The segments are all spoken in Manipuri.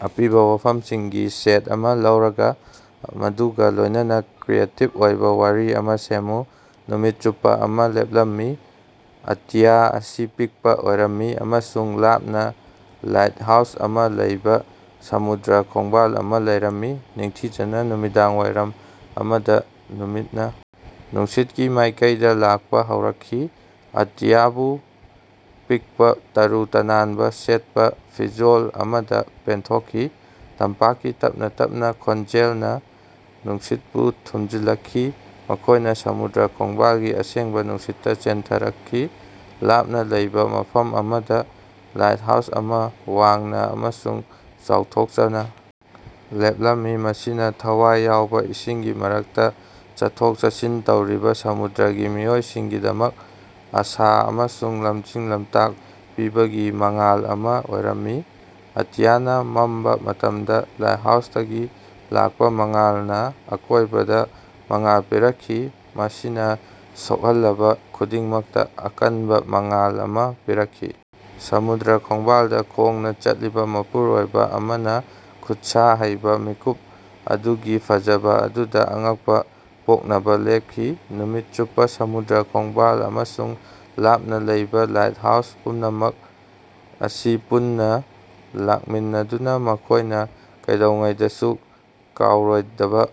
ꯑꯄꯤꯕ ꯋꯥꯐꯝꯁꯤꯡꯒꯤ ꯁꯦꯠ ꯑꯃ ꯂꯧꯔꯒ ꯃꯗꯨꯒ ꯂꯣꯏꯅꯅ ꯀ꯭ꯔꯤꯌꯦꯇꯤꯚ ꯑꯣꯏꯕ ꯋꯥꯔꯤ ꯑꯃꯥ ꯁꯦꯝꯃꯨ꯫ ꯅꯨꯃꯤꯠ ꯆꯨꯞꯄ ꯑꯃ ꯂꯦꯞꯂꯝꯃꯤ, ꯑꯇꯤꯌꯥ ꯑꯁꯤ ꯄꯤꯛꯄ ꯑꯣꯏꯔꯝꯃꯤ ꯑꯃꯁꯨꯡ ꯂꯥꯞꯅ ꯂꯥꯏꯠꯍꯥꯎꯁ ꯑꯃ ꯂꯩꯕ ꯁꯃꯨꯗ꯭ꯔ ꯈꯣꯡꯕꯥꯜ ꯑꯃ ꯂꯩꯔꯝꯃꯤ꯫ ꯅꯤꯡꯊꯤꯖꯅ ꯅꯨꯃꯤꯗꯥꯡꯋꯥꯏꯔꯝ ꯑꯃꯗ, ꯅꯨꯃꯤꯠꯅ ꯅꯨꯡꯁꯤꯠꯀꯤ ꯃꯥꯏꯀꯩꯗ ꯂꯥꯛꯄ ꯍꯧꯔꯛꯈꯤ, ꯑꯇꯤꯌꯥꯕꯨ ꯄꯤꯛꯄ ꯇꯔꯨ ꯇꯅꯥꯟꯕ ꯁꯦꯠꯄ ꯐꯤꯖꯣꯜ ꯑꯃꯗ ꯄꯦꯟꯊꯣꯛꯈꯤ꯫ ꯇꯝꯄꯥꯛꯀꯤ ꯇꯞꯅ ꯇꯞꯅ ꯈꯣꯟꯖꯦꯜꯅ ꯅꯨꯡꯁꯤꯠꯄꯨ ꯊꯨꯝꯖꯤꯜꯂꯛꯈꯤ, ꯃꯈꯣꯏꯅ ꯁꯃꯨꯗ꯭ꯔ ꯈꯣꯡꯕꯥꯜꯒꯤ ꯑꯁꯦꯡꯕ ꯅꯨꯡꯁꯤꯠꯇ ꯆꯦꯟꯊꯔꯛꯈꯤ꯫ ꯂꯥꯞꯅ ꯂꯩꯕ ꯃꯐꯝ ꯑꯃꯗ ꯂꯥꯏꯠꯍꯥꯎꯁ ꯑꯃ ꯋꯥꯡꯅ ꯑꯃꯁꯨꯡ ꯆꯥꯎꯊꯣꯛꯆꯅ ꯂꯦꯞꯂꯝꯃꯤ, ꯃꯁꯤꯅ ꯊꯋꯥꯏ ꯌꯥꯎꯕ ꯏꯁꯤꯡꯒꯤ ꯃꯔꯛꯇ ꯆꯠꯊꯣꯛ-ꯆꯠꯁꯤꯟ ꯇꯧꯔꯤꯕ ꯁꯃꯨꯗ꯭ꯔꯒꯤ ꯃꯤꯑꯣꯏꯁꯤꯡꯒꯤꯗꯃꯛ ꯑꯁꯥ ꯑꯃꯁꯨꯡ ꯂꯝꯖꯤꯡ-ꯂꯝꯇꯥꯛ ꯄꯤꯕꯒꯤ ꯃꯉꯥꯜ ꯑꯃ ꯑꯣꯏꯔꯝꯃꯤ꯫ ꯑꯇꯤꯌꯥꯅ ꯃꯝꯕ ꯃꯇꯝꯗ ꯂꯥꯏꯠꯍꯥꯎꯁꯇꯒꯤ ꯂꯥꯛꯄ ꯃꯉꯥꯜꯅ ꯑꯀꯣꯏꯕꯗ ꯃꯉꯥꯜ ꯄꯤꯔꯛꯈꯤ, ꯃꯁꯤꯅ ꯁꯣꯛꯍꯜꯂꯕ ꯈꯨꯗꯤꯡꯃꯛꯇ ꯑꯀꯟꯕ ꯃꯉꯥꯜ ꯑꯃ ꯄꯤꯔꯛꯈꯤ꯫ ꯁꯃꯨꯗ꯭ꯔ ꯈꯣꯡꯕꯥꯜꯗ ꯈꯣꯡꯅ ꯆꯠꯂꯤꯕ ꯃꯄꯨꯔꯣꯏꯕ ꯑꯃꯅ ꯈꯨꯠꯁꯥ ꯍꯩꯕ, ꯃꯤꯀꯨꯞ ꯑꯗꯨꯒꯤ ꯐꯖꯕ ꯑꯗꯨꯗ ꯑꯉꯛꯄ ꯄꯣꯛꯅꯕ ꯂꯦꯞꯈꯤ꯫ ꯅꯨꯃꯤꯠ ꯆꯨꯞꯄ ꯁꯃꯨꯗ꯭ꯔ ꯈꯣꯡꯕꯥꯜ ꯑꯃꯁꯨꯡ ꯂꯥꯞꯅ ꯂꯩꯕ ꯂꯥꯏꯠꯍꯥꯎꯁ, ꯄꯨꯝꯅꯃꯛ ꯑꯁꯤ ꯄꯨꯟꯅ ꯂꯥꯛꯃꯤꯟꯅꯗꯨꯅ ꯃꯈꯣꯏꯅ ꯀꯩꯗꯧꯉꯩꯗꯁꯨ ꯀꯥꯎꯔꯣꯏꯗꯕ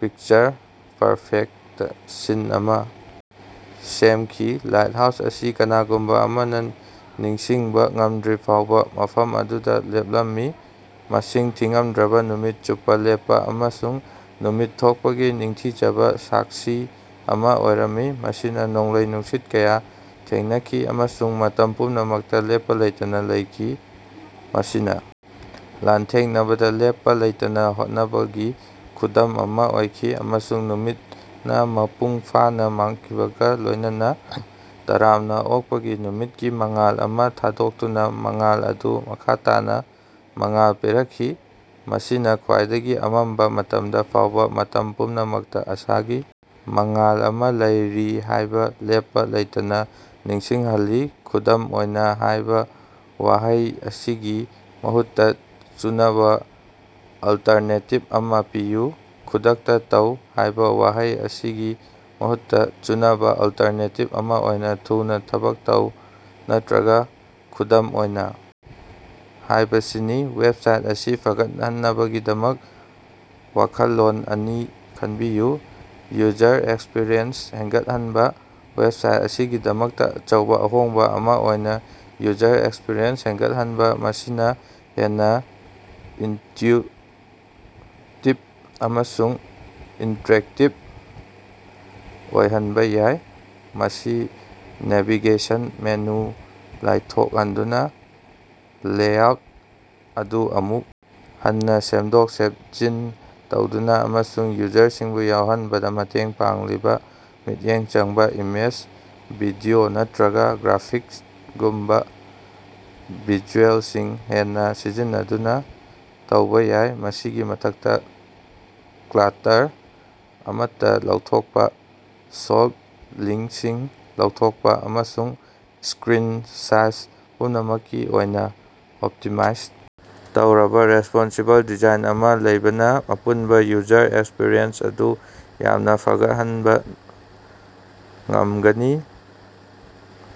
ꯄꯤꯛꯆꯔ-ꯄꯔꯐꯦꯛꯇ ꯁꯤꯟ ꯑꯃ ꯁꯦꯝꯈꯤ꯫ ꯂꯥꯏꯠꯍꯥꯎꯁ ꯑꯁꯤ ꯀꯅꯥꯒꯨꯝꯕ ꯑꯃꯅ ꯅꯤꯡꯁꯤꯡꯕꯥ ꯉꯝꯗ꯭ꯔꯤꯐꯥꯎꯕ ꯃꯐꯝ ꯑꯗꯨꯗ ꯂꯦꯞꯂꯝꯃꯤ, ꯃꯁꯤꯡ ꯊꯤꯉꯝꯗ꯭ꯔꯕ ꯅꯨꯃꯤꯠ ꯆꯨꯞꯄ ꯂꯦꯞꯄ ꯑꯃꯁꯨꯡ ꯅꯨꯃꯤꯠ ꯊꯣꯛꯄꯒꯤ ꯅꯤꯡꯊꯤꯖꯕ ꯁꯥꯛꯁꯤ ꯑꯃ ꯑꯣꯏꯔꯝꯃꯤ꯫ ꯃꯁꯤꯅ ꯅꯣꯡꯂꯩ-ꯅꯨꯡꯁꯤꯠ ꯀꯌ ꯊꯦꯡꯅꯈꯤ ꯑꯃꯁꯨꯡ ꯃꯇꯝ ꯄꯨꯝꯅꯃꯛꯇ ꯂꯦꯞꯄ ꯂꯩꯇꯅ ꯂꯩꯈꯤ, ꯃꯁꯤꯅ ꯂꯥꯟꯊꯦꯡꯅꯕꯗ ꯂꯦꯞꯄ ꯂꯩꯇꯅ ꯍꯣꯠꯅꯕꯒꯤ ꯈꯨꯗꯝ ꯑꯃ ꯑꯣꯏꯈꯤ꯫ ꯑꯃꯁꯨꯡ ꯅꯨꯃꯤꯠꯅ ꯃꯄꯨꯡ ꯐꯥꯅ ꯃꯥꯡꯈꯤꯕꯒ ꯂꯣꯏꯅꯅ, ꯇꯔꯥꯝꯅ ꯑꯣꯛꯄꯒꯤ ꯅꯨꯃꯤꯠꯀꯤ ꯃꯉꯥꯜ ꯑꯃ ꯊꯥꯗꯣꯛꯇꯨꯅ, ꯃꯉꯥꯜ ꯑꯗꯨ ꯃꯈꯥ ꯇꯥꯅ ꯃꯉꯥꯜ ꯄꯤꯔꯛꯈꯤ, ꯃꯁꯤꯅ ꯈ꯭ꯋꯥꯏꯗꯒꯤ ꯑꯃꯝꯕ ꯃꯇꯝꯗ ꯐꯥꯎꯕ ꯃꯇꯝ ꯄꯨꯝꯅꯃꯛꯇ ꯑꯁꯥꯒꯤ ꯃꯉꯥꯜ ꯑꯃ ꯂꯩꯔꯤ ꯍꯥꯏꯕ ꯂꯦꯞꯄ ꯂꯩꯇꯅ ꯅꯤꯡꯁꯤꯡꯍꯜꯂꯤ꯫ "ꯈꯨꯗꯝ ꯑꯣꯏꯅ" ꯍꯥꯏꯕ ꯋꯥꯍꯩ ꯑꯁꯤꯒꯤ ꯃꯍꯨꯠꯇ ꯆꯨꯅꯕ ꯑꯜꯇꯔꯅꯦꯇꯤꯚ ꯑꯃ ꯄꯤꯌꯨ꯫ "ꯈꯨꯗꯛꯇ ꯇꯧ" ꯍꯥꯏꯕ ꯋꯥꯍꯩ ꯑꯁꯤꯒꯤ ꯃꯍꯨꯠꯇ ꯆꯨꯅꯕ ꯑꯜꯇꯔꯅꯦꯇꯤꯚ ꯑꯃ ꯑꯣꯏꯅ "ꯊꯨꯅ ꯊꯕꯛ ꯇꯧꯕ" ꯅꯠꯇ꯭ꯔꯒ "ꯈꯨꯗꯝ ꯑꯣꯏꯅ" ꯍꯥꯏꯕꯁꯤꯅꯤ꯫ ꯋꯦꯕꯁꯥꯏꯠ ꯑꯁꯤ ꯐꯒꯠꯍꯟꯅꯕꯒꯤꯗꯃꯛ ꯋꯥꯈꯜꯂꯣꯟ ꯑꯅꯤ ꯈꯟꯕꯤꯌꯨ꯫ ꯌꯨꯖꯔ ꯑꯦꯛꯁꯄꯤꯔꯤꯑꯦꯟꯁ ꯍꯦꯟꯒꯠꯍꯟꯕ: ꯋꯦꯕꯁꯥꯏꯠ ꯑꯁꯤꯒꯤꯗꯃꯛꯇ ꯑꯆꯧꯕ ꯑꯍꯣꯡꯕ ꯑꯃ ꯑꯣꯏꯅ ꯌꯨꯖꯔ ꯑꯦꯛꯁꯄꯤꯔꯤꯑꯦꯟꯁ ꯍꯦꯟꯒꯠꯍꯟꯕ ꯃꯁꯤꯅ ꯍꯦꯟꯅ ꯏꯅꯇ꯭ꯌꯨꯇꯤꯚ ꯑꯃꯁꯨꯡ ꯏꯟꯇꯔꯦꯛꯇꯤꯚ ꯑꯣꯏꯍꯟꯕ ꯌꯥꯏ꯫ ꯃꯁꯤ ꯅꯦꯚꯤꯒꯦꯁꯟ ꯃꯦꯅꯨ ꯂꯥꯏꯊꯣꯛꯍꯟꯗꯨꯅ, ꯂꯦꯑꯥꯎꯠ ꯑꯗꯨ ꯑꯃꯨꯛ ꯍꯟꯅ ꯁꯦꯝꯗꯣꯛ-ꯁꯦꯞꯖꯤꯟ ꯇꯧꯗꯨꯅ ꯑꯃꯁꯨꯡ ꯌꯨꯖꯔꯁꯤꯡꯕꯨ ꯌꯥꯎꯍꯟꯕꯗ ꯃꯇꯦꯡ ꯄꯥꯡꯂꯤꯕ ꯃꯤꯠꯌꯦꯡ ꯆꯪꯕ ꯏꯃꯦꯖ, ꯚꯤꯗꯤꯑꯣ ꯅꯠꯇ꯭ꯔꯒ ꯒ꯭ꯔꯥꯐꯤꯛꯁꯒꯨꯝꯕ ꯚꯤꯖꯨꯑꯦꯜꯁꯤꯡ ꯍꯦꯟꯅ ꯁꯤꯖꯤꯟꯅꯗꯨꯅ ꯇꯧꯕ ꯌꯥꯏ꯫ ꯃꯁꯤꯒꯤ ꯃꯊꯛꯇ ꯀ꯭ꯂꯥꯇꯔ ꯑꯃꯠꯇ ꯂꯧꯊꯣꯛꯄ, ꯁꯣꯜꯄ ꯂꯤꯡꯀꯁꯤꯡ ꯂꯧꯊꯣꯛꯄ ꯑꯃꯁꯨꯡ ꯁ꯭ꯀꯔꯤꯟ ꯁꯥꯏꯖ ꯄꯨꯝꯅꯃꯛꯀꯤ ꯑꯣꯏꯅ ꯑꯣꯞꯇꯤꯃꯥꯏꯖ ꯇꯧꯔꯕ ꯔꯦꯁꯄꯣꯟꯁꯤꯕꯜ ꯗꯤꯖꯥꯏꯟ ꯑꯃ ꯂꯩꯕꯅ ꯑꯄꯨꯟꯕ ꯌꯨꯖꯔ ꯑꯦꯛꯁꯄꯤꯔꯤꯑꯦꯟꯁ ꯑꯗꯨ ꯌꯥꯝꯅ ꯐꯒꯠꯍꯅꯟꯕ ꯉꯝꯒꯅꯤ꯫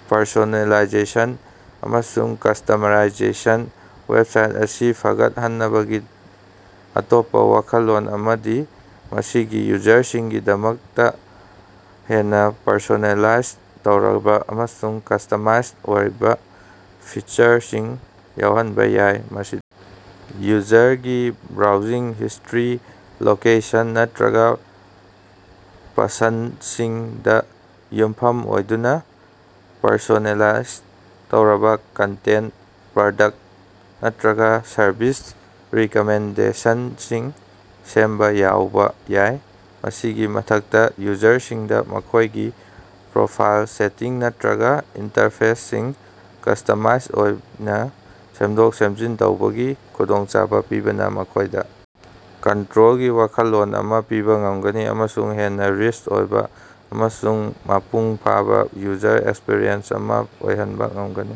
ꯄꯔꯁꯣꯅꯦꯂꯥꯏꯖꯦꯁꯟ ꯑꯃꯁꯨꯡ ꯀꯁꯇꯃꯔꯥꯏꯖꯦꯁꯟ: ꯋꯦꯕꯁꯥꯏꯠ ꯑꯁꯤ ꯐꯒꯠꯍꯟꯅꯕꯒꯤ ꯑꯇꯣꯞꯄ ꯋꯥꯈꯜꯂꯣꯟ ꯑꯃꯗꯤ ꯃꯁꯤꯒꯤ ꯌꯨꯖꯔꯁꯤꯡꯒꯤꯗꯃꯛꯇ ꯍꯦꯟꯅ ꯄꯔꯁꯣꯅꯦꯂꯥꯏꯖ ꯇꯧꯔꯕ ꯑꯃꯁꯨꯡ ꯀꯁꯇꯃꯥꯁ ꯑꯣꯏꯕ ꯐꯤꯆꯔꯁꯤꯡ ꯌꯥꯎꯍꯟꯕ ꯌꯥꯏ꯫ ꯃꯁꯤ ꯌꯨꯖꯔꯒꯤ ꯕ꯭ꯔꯥꯎꯖꯤꯡ ꯍꯤꯁꯇ꯭ꯔꯤ, ꯂꯣꯀꯦꯁꯟ ꯅꯠꯇ꯭ꯔꯒ ꯄꯁꯟꯗꯁꯤꯡꯗ ꯌꯨꯝꯐꯝ ꯑꯣꯏꯗꯨꯅ ꯄꯔꯁꯣꯅꯦꯂꯥꯏꯖ ꯇꯧꯔꯕ ꯀꯟꯇꯦꯟꯇ, ꯄ꯭ꯔꯗꯛꯇ ꯅꯠꯇ꯭ꯔꯒ ꯁꯔꯚꯤꯁ ꯔꯤꯀꯃꯦꯟꯗꯦꯁꯟꯁꯤꯡ ꯁꯦꯝꯕ ꯌꯥꯎꯕ ꯌꯥꯏ꯫ ꯃꯁꯤꯒꯤ ꯃꯊꯛꯇ, ꯌꯨꯖꯔꯁꯤꯡꯗ ꯃꯈꯣꯏꯒꯤ ꯄ꯭ꯔꯣꯐꯥꯏꯜ ꯁꯦꯇꯤꯡ ꯅꯠꯇ꯭ꯔꯒ ꯏꯟꯇꯔꯐꯦꯁꯁꯤꯡ ꯀꯁꯇꯃꯥꯁ ꯑꯣꯏꯅ ꯁꯦꯝꯗꯣꯛ-ꯁꯦꯝꯖꯤꯟ ꯇꯧꯕꯒꯤ ꯈꯨꯗꯣꯡꯆꯥꯕ ꯄꯤꯕꯅ ꯃꯈꯣꯏꯗ ꯀꯟꯇ꯭ꯔꯣꯜꯒꯤ ꯋꯥꯈꯜꯂꯣꯟ ꯑꯃ ꯄꯤꯕ ꯉꯝꯒꯅꯤ ꯑꯃꯁꯨꯡ ꯍꯦꯟꯅ ꯔꯤꯆ ꯑꯣꯏꯕ ꯑꯃꯁꯨꯡ ꯃꯄꯨꯡ ꯐꯥꯕ ꯌꯨꯖꯔ ꯑꯦꯛꯁꯄꯤꯔꯤꯑꯦꯟꯁ ꯑꯃ ꯑꯣꯏꯍꯟꯕ ꯉꯝꯒꯅꯤ꯫